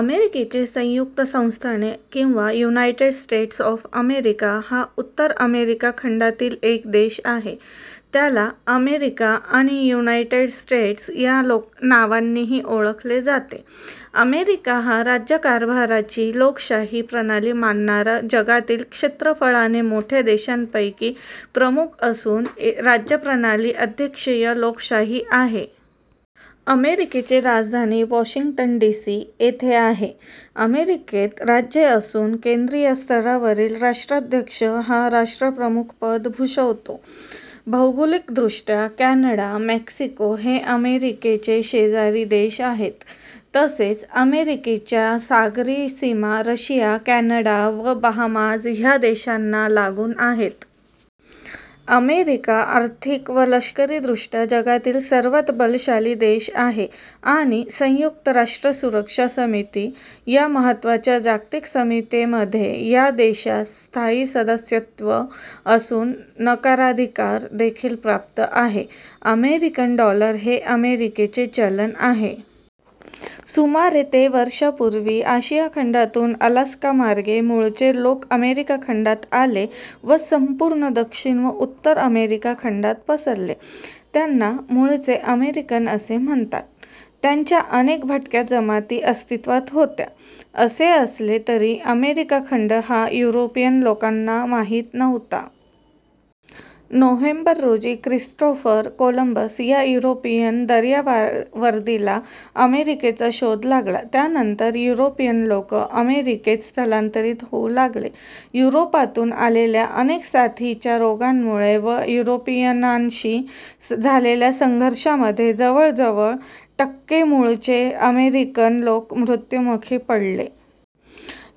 अमेरिकेची संयुक्त संस्थाने किंवा युनायटेड स्टेट्स ऑफ अमेरिका हा उत्तर अमेरिका खंडातील एक देश आहे. त्याला अमेरिका आणि युनायटेड स्टेट्स या नावानींही ओळखले जाते. अमेरिका हा राज्यकारभाराची लोकशाही प्रणाली मानणारा जगातील क्षेत्रफळाने मोठ्या देशांपैकी प्रमुख असून येथील राज्यप्रणाली 'अध्यक्षीय लोकशाही' आहे. अमेरिकेची राजधानी 'वॉशिंग्टन डी. सी. ' येथे आहे. अमेरिकेत राज्ये असून केंद्रीय स्तरावरील राष्ट्राध्यक्ष हा राष्ट्रप्रमुखपद भूषवतो. भौगोलिकदृष्ट्या कॅनडा, मेक्सिको हे अमेरिकेचे शेजारी देश आहेत, तसेच अमेरिकेच्या सागरी सीमा रशिया, कॅनडा व बहामाज् ह्या देशांना लागून आहेत. अमेरिका आर्थिक व लष्करीदृष्ट्या जगातील सर्वांत बलशाली देश आहे आणि संयुक्त राष्ट्र सुरक्षा समिती या महत्त्वाच्या जागतिक समितीमध्ये या देशास स्थायी सदस्यत्व असून नकाराधिकार देखील प्राप्त आहे. अमेरिकन डॉलर हे अमेरिकेचे चलन आहे. सुमारे ते वर्षांपूर्वी, आशिया खंडातून अलास्कामार्गे मूळचे लोक अमेरिका खंडात आले व संपूर्ण दक्षिण व उत्तर अमेरिका खंडात पसरले. त्यांना मूळचे अमेरिकन असे म्हणतात. त्यांच्या अनेक भटक्या जमाती अस्तित्वात होत्या. असे असले तरी अमेरीका खंड हा युरोपियन लोकांना माहित नव्हता. नोव्हेंबर रोजी क्रिस्टोफर कोलंबस या युरोपियन दर्यावर्दीला अमेरिकेचा शोध लागला. त्यानंतर युरोपियन लोक अमेरिकेत स्थलांतरित होऊ लागले. युरोपातून आलेल्या अनेक साथीच्या रोगांमुळे व युरोपियनांशी झालेल्या संघर्षांमध्ये जवळजवळ टक्के मूळचे अमेरिकन लोक मृत्युमुखी पडले.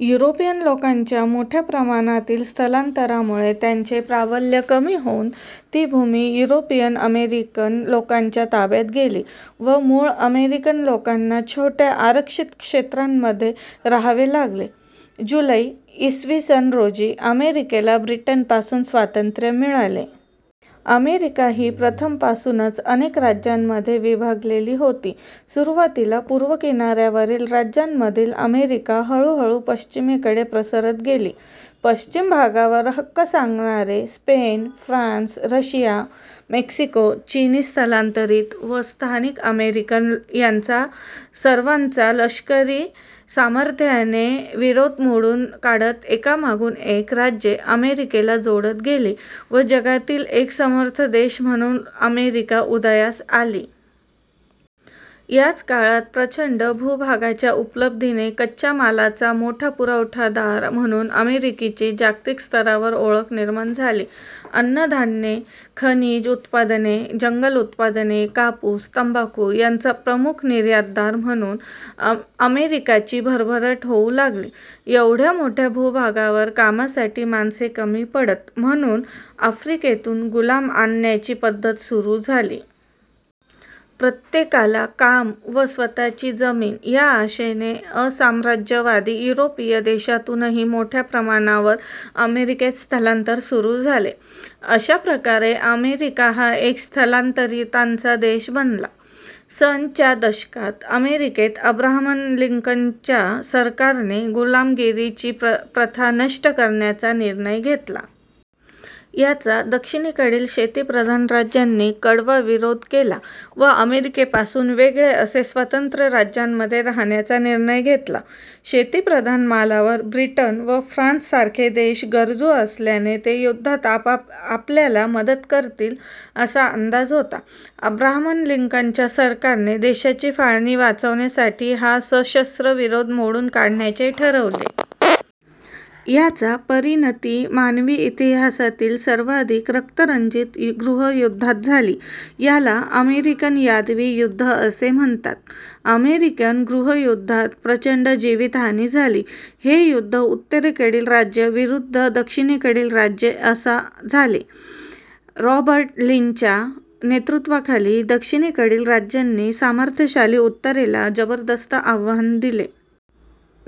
युरोपियन लोकांच्या मोठ्या प्रमाणातील स्थलांतरामुळे त्यांचे प्राबल्य कमी होऊन ती भूमी युरोपियन अमेरिकन लोकांच्या ताब्यात गेली व मूळ अमेरिकन लोकांना छोट्या आरक्षित क्षेत्रांमध्ये राहावे लागले. जुलै, इ. स. रोजी अमेरिकेला ब्रिटनपासून स्वातंत्र्य मिळाले. अमेरिका ही प्रथमपासूनच अनेक राज्यांमध्ये विभागलेली होती. सुरुवातीला पूर्व किनाऱ्यावरील राज्यांमधील अमेरिका हळूहळू पश्चिमेकडे प्रसरत गेली. पश्चिम भागावर हक्क सांगणारे, स्पेन, फ्रान्स, रशिया, मेक्सिको, चिनी स्थलांतरित व स्थानिक अमेरिकन यांचा सर्वांचा लष्करी सामर्थ्याने विरोध मोडून काढत एकामागून एक राज्ये अमेरिकेला जोडत गेली व जगातील एक समर्थ देश म्हणून अमेरिका उदयास आली. याच काळात प्रचंड भूभागाच्या उपलब्धीने कच्च्या मालाचा मोठा पुरवठादार म्हणून अमेरिकेची जागतिक स्तरावर ओळख निर्माण झाली. अन्नधान्ये, खनिज उत्पादने, जंगल उत्पादने, कापूस, तंबाखू यांचा प्रमुख निर्यातदार म्हणून अमेरिकाची भरभराट होऊ लागली. एवढ्या मोठ्या भूभागावर कामासाठी माणसे कमी पडत म्हणून आफ्रिकेतून गुलाम आणण्याची पद्धत सुरू झाली. प्रत्येकाला काम व स्वतःची जमीन या आशेने असाम्राज्यवादी युरोपीय देशातूनही मोठ्या प्रमाणावर अमेरिकेत स्थलांतर सुरू झाले. अशा प्रकारे अमेरिका हा एक स्थलांतरितांचा देश बनला. सन च्या दशकात अमेरिकेत अब्राहम लिंकनच्या सरकारने गुलामगिरीची प्रथा नष्ट करण्याचा निर्णय घेतला. याचा दक्षिणेकडील शेतीप्रधान राज्यांनी कडवा विरोध केला व अमेरिकेपासून वेगळे असे स्वतंत्र राज्यांमध्ये रहाण्याचा निर्णय घेतला. शेतीप्रधान मालावर ब्रिटन व फ्रान्ससारखे देश गरजू असल्याने ते युद्धात आपल्याला मदत करतील असा अंदाज होता. अब्राहम लिंकनच्या सरकारने देशाची फाळणी वाचवण्यासाठी हा सशस्त्र विरोध मोडून काढण्याचे ठरवले. याचा परिणती मानवी इतिहासातील सर्वाधिक रंक्तरंजित गृहयुद्धात झाली. याला अमेरिकन यादवी युद्ध असे म्हणतात. अमेरिकन गृहयुद्धात प्रचंड जीवित हानी झाली. हे युद्ध उत्तरेकडील राज्ये विरुद्ध दक्षिणेकडील राज्ये असे झाले. रॉबर्ट लींच्या नेतृत्वाखाली दक्षिणेकडील राज्यांनी सामर्थ्यशाली उत्तरेला जबरदस्त आव्हान दिले.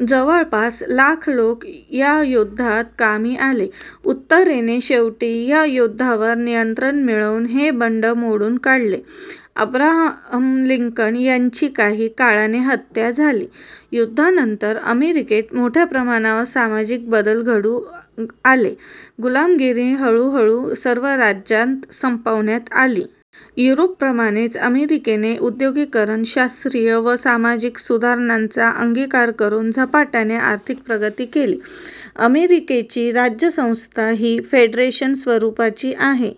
जवळपास लाख लोक या युद्धात कामी आले. उत्तरेने शेवटी या युद्धावर नियंत्रण मिळवून हे बंड मोडून काढले. अब्राहम लिंकन यांची काही काळाने हत्या झाली. युद्धानंतर अमेरिकेत मोठ्या प्रमाणावर सामाजिक बदल घडून आले. गुलामगिरी हळूहळू सर्व राज्यांत संपवण्यात आली. युरोपप्रमाणेच अमेरिकेने उद्योगीकरण ,शास्त्रीय व सामाजिक सुधारणांचा अंगिकार करून झपाट्याने आर्थिक प्रगती केली. अमेरिकची राज्य संस्था ही फेडरेशन स्वरूपाची आहे.